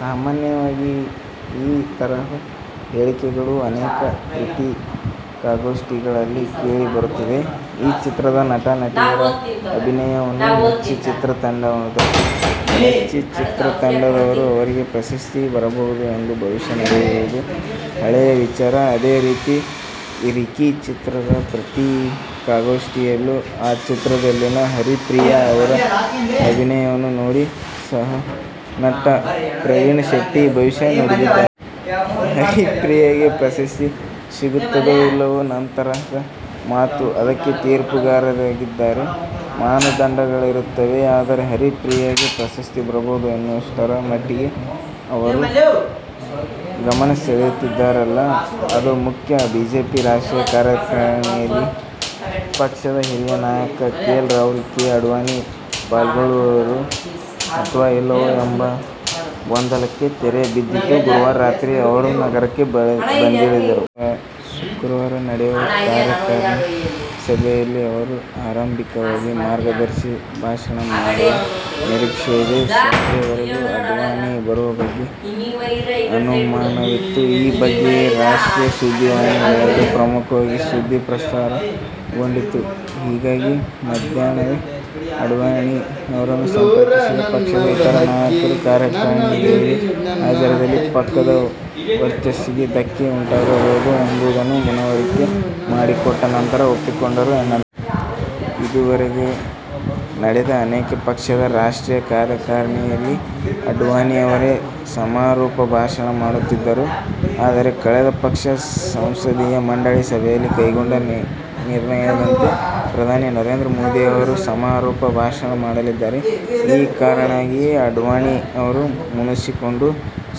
ಸಾಮಾನ್ಯವಾಗಿ ಈ ತರಹದ ಹೇಳಿಕೆಗಳು ಅನೇಕ ಪತ್ರಿಕಾಗೋಷ್ಠಿಗಳಲ್ಲಿ ಕೆಳಿ ಬರುತ್ತಿರುತ್ತದೆ. ಆ ಚಿತ್ರದ ನಟ, ನಟಿಯರ ಅಭಿನಯವನ್ನು ಮೆಚ್ಚಿ ಚಿತ್ರತಂಡದವರು, ಅವರಿಗೆ ಪ್ರಶಸ್ತಿ ಬರಬಹುದು ಎಂದು ಭವಿಷ್ಯ ನುಡಿಯುವುದು ಹಳೆಯ ವಿಚಾರ. ಅದೇ ರೀತಿ, "ರಿಕ್ಕಿ' ಚಿತ್ರದ ಪತ್ರಿಕಾಗೋಷ್ಠಿಯಲ್ಲೂ, ಆ ಚಿತ್ರದಲ್ಲಿನ ಹರಿಪ್ರಿಯಾ ಅವರ ಅಭಿನಯವನ್ನು ನೋಡಿ ಸಹನಟ ಪ್ರವೀಣ್ ಶೆಟ್ಟಿ ಭವಿಷ್ಯ ನುಡಿದಿದ್ದಾರೆ. ಹರಿಪ್ರಿಯಾಗೆ ಪ್ರಶಸ್ತಿ ಸಿಗುತ್ತದೋ ಇಲ್ಲವೋ ನಂತರದ ಮಾತು. ಅದಕ್ಕೆ ತೀರ್ಪುಗಾರರಿದ್ದಾರೆ, ಮಾನದಂಡಗಳಿರುತ್ತವೆ. ಆದರೆ, ಹರಿಪ್ರಿಯಾಗೆ ಪ್ರಶಸ್ತಿ ಬರಬಹುದು ಎನ್ನುವಷ್ಟರ ಮಟ್ಟಿಗೆ ಅವರು ಗಮನ ಸೆಳೆದಿದ್ದಾರಲ್ಲ. ಅದು ಮುಖ್ಯ. ಬಿಜೆಪಿ ರಾಷ್ಟ್ರೀಯ ಕಾರ್ಯಕಾರಿಣಿಯಲ್ಲಿ ಪಕ್ಷದ ಹಿರಿಯ ನಾಯಕ ಎಲ್. ಕೆ. ಅಡ್ವಾಣಿ ಪಾಲ್ಗೊಳ್ಳುವರೋ ಅಥವಾ ಇಲ್ಲವೋ ಎಂಬ ಗೊಂದಲಕ್ಕೆ ತೆರೆ ಬಿದ್ದಿದ್ದು, ಗುರುವಾರ ರಾತ್ರಿ ಅವರು ನಗರಕ್ಕೆ ಬಂದಿಳಿದರು. ಶುಕ್ರವಾರ ನಡೆಯುವ ಕಾರ್ಯಕಾರಿಣಿ ಸಭೆಯಲ್ಲಿ ಅವರು ಆರಂಭಿಕವಾಗಿ ಮಾರ್ಗದರ್ಶಿ ಭಾಷಣ ಮಾಡುವ ನಿರೀಕ್ಷೆಯಿದೆ. ಸಂಜೆವರೆಗೂ ಅಡ್ವಾಣಿ ಬರುವ ಬಗ್ಗೆ ಅನುಮಾನವಿತ್ತು. ಈ ಬಗ್ಗೆ ರಾಷ್ಟ್ರೀಯ ಸುದ್ದಿವಾಹಿನಿಗಳಲ್ಲೂ ಪ್ರಮುಖವಾಗಿ ಸುದ್ದಿ ಪ್ರಸಾರಗೊಂಡಿತ್ತು. ಹೀಗಾಗಿ ಮಧ್ಯಾಹ್ನವೇ ಅಡ್ವಾಣಿ ಅವರನ್ನು ಸಂಪರ್ಕಿಸಿದ ಪಕ್ಷದ ಇತರ ನಾಯಕರು ಕಾರ್ಯಕಾರಿಣಿಗೆ ಗೈರು ಹಾಜರಾದಲ್ಲಿ ಪಕ್ಷದ ವರ್ಚಸ್ಸಿಗೆ ಧಕ್ಕೆ ಉಂಟಾಗಬಹುದು ಎಂಬುದನ್ನು ಮನವರಿಕೆ ಮಾಡಿಕೊಟ್ಟ ನಂತರ ಒಪ್ಪಿಕೊಂಡರು ಎನ್ನಲಾಗಿದೆ. ಇದುವರೆಗೆ ನಡೆದ ಅನೇಕ ಪಕ್ಷದ ರಾಷ್ಟ್ರೀಯ ಕಾರ್ಯಕಾರಿಣಿಯಲ್ಲಿ ಅಡ್ವಾಣಿ ಅವರೇ ಸಮಾರೋಪ ಭಾಷಣ ಮಾಡುತ್ತಿದ್ದರು. ಆದರೆ, ಕಳೆದ ಪಕ್ಷದ ಸಂಸದೀಯ ಮಂಡಳಿ ಸಭೆಯಲ್ಲಿ ಕೈಗೊಂಡ ನಿರ್ಣಯದಂತೆ ಪ್ರಧಾನಿ ನರೇಂದ್ರ ಮೋದಿ ಅವರು ಸಮಾರೋಪ ಭಾಷಣ ಮಾಡಲಿದ್ದಾರೆ. ಈ ಕಾರಣಕ್ಕಾಗಿಯೇ ಅಡ್ವಾಣಿ ಅವರು ಮುನಿಸಿಕೊಂಡು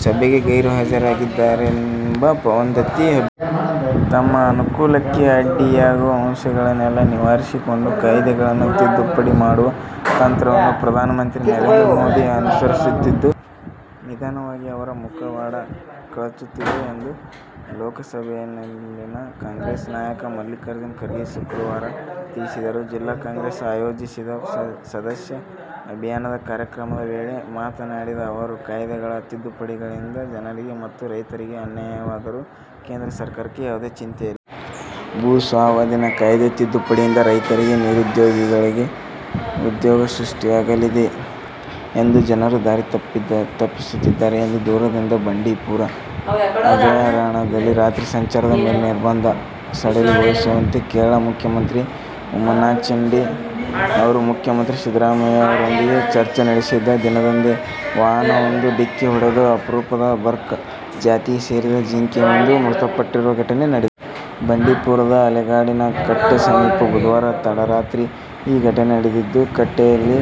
ಸಭೆಗೆ ಗೈರು ಹಾಜರಾಗಲಿದ್ದಾರೆ ಎಂಬ ವದಂತಿ ಹಬ್ಬಿತ್ತು. ತಮ್ಮ ಅನುಕೂಲಕ್ಕೆ ಅಡ್ಡಿಯಾಗುವ ಅಂಶಗಳನ್ನೆಲ್ಲಾ ನಿವಾರಿಸಿಕೊಂಡು ಕಾಯ್ದೆಗಳನ್ನು ತಿದ್ದುಪಡಿ ಮಾಡುವ ತಂತ್ರವನ್ನು ಪ್ರಧಾನಮಂತ್ರಿ ನರೇಂದ್ರಮೋದಿ ಅನುಸರಿಸುತ್ತಿದ್ದು, ನಿಧಾನವಾಗಿ ಅವರ ಮುಖವಾಡ ಕಳಚುತ್ತಿದೆ ಎಂದು ಲೋಕಸಭೆಯಲ್ಲಿನ ಕಾಂಗ್ರೆಸ್ ನಾಯಕ ಮಲ್ಲಿಕಾರ್ಜುನ ಖರ್ಗೆ ಶುಕ್ರವಾರ ತಿಳಿಸಿದರು. ಜಿಲ್ಲಾ ಕಾಂಗ್ರೆಸ್ ಆಯೋಜಿಸಿದ್ದ ಸದಸ್ಯ ಅಭಿಯಾನ ಕಾರ್ಯಕ್ರಮದ ವೇಳೆ ಮಾತನಾಡಿದ ಅವರು, ಕಾಯ್ದೆಗಳ ತಿದ್ದುಪಡಿಗಳಿಂದ ಜನರಿಗೆ ಮತ್ತು ರೈತರಿಗೆ ಅನ್ಯಾಯವಾದರೂ ಕೇಂದ್ರ ಸರ್ಕಾರಕ್ಕೆ ಯಾವುದೇ ಚಿಂತೆಯಿಲ್ಲ. ಭೂಸ್ವಾಧೀನ ಕಾಯ್ದೆ ತಿದ್ದುಪಡಿಯಿಂದ ರೈತರಿಗೆ, ನಿರುದ್ಯೋಗಿಗಳಿಗೆ ಉದ್ಯೋಗ ಸೃಷ್ಟಿಯಾಗಲಿದೆ ಎಂದು ಜನರ ದಾರಿ ತಪ್ಪಿಸುತ್ತಿದ್ದಾರೆ ಎಂದು ದೂರಿದರು. ಬಂಡೀಪುರ ಅಭಯಾರಣ್ಯದಲ್ಲಿ ರಾತ್ರಿ ಸಂಚಾರದ ಮೇಲಿನ ನಿರ್ಬಂಧ ಸಡಿಲಗೊಳಿಸುವಂತೆ ಕೇರಳ ಮುಖ್ಯಮಂತ್ರಿ ಉಮನ್ಚಾಂಡಿ ಅವರು ಮುಖ್ಯಮಂತ್ರಿ ಸಿದ್ದರಾಮಯ್ಯ ಅವರೊಂದಿಗೆ ಚರ್ಚೆ ನಡೆಸಿದ ದಿನದಂದೇ ವಾಹನವೊಂದು ಡಿಕ್ಕಿ ಹೊಡೆದು ಅಪರೂಪದ ಬರ್ಕ್ ಜಾತಿಗೆ ಸೇರಿದ ಜಿಂಕೆಯೊಂದು ಮೃತಪಟ್ಟಿರುವ ಘಟನೆ ನಡೆದಿದೆ. ಬಂಡೀಪುರದ ಆಲೇಗೌಡನ ಕಟ್ಟೆ ಸಮೀಪ ಬುಧವಾರ ತಡರಾತ್ರಿ ಈ ಘಟನೆ ನಡೆದಿದ್ದು, ಕಟ್ಟೆಯಲ್ಲಿ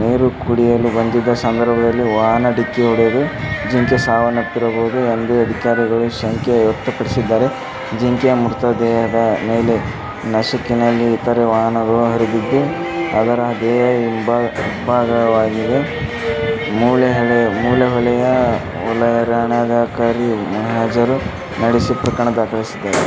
ನೀರು ಕುಡಿಯಲು ಬಂದಿದ್ದ ಸಂದರ್ಭದಲ್ಲಿ ವಾಹನ ಡಿಕ್ಕಿಯೊಡೆದು ಜಿಂಕೆ ಸಾವನ್ನಪ್ಪಿರಬಹುದು ಎಂದು ಅಧಿಕಾರಿಗಳು ಶಂಕೆ ವ್ಯಕ್ತಪಡಿಸಿದ್ದಾರೆ. ಜಿಂಕೆಯ ಮೃತದೇಹದ ಮೇಲೆ ನಸುಕಿನಲ್ಲಿ ಇತರೆ ವಾಹನಗಳು ಹರಿದಿದ್ದು, ಅದರ ದೇಹ ಇಬ್ಭಾಗವಾಗಿದೆ. ಮೂಲೆಹೊಳೆಯ ವಲಯಾರಣ್ಯಾಧಿಕಾರಿ ಮಹಜರು ನಡೆಸಿ ಪ್ರಕರಣ ದಾಖಲಿಸಿದ್ದಾರೆ.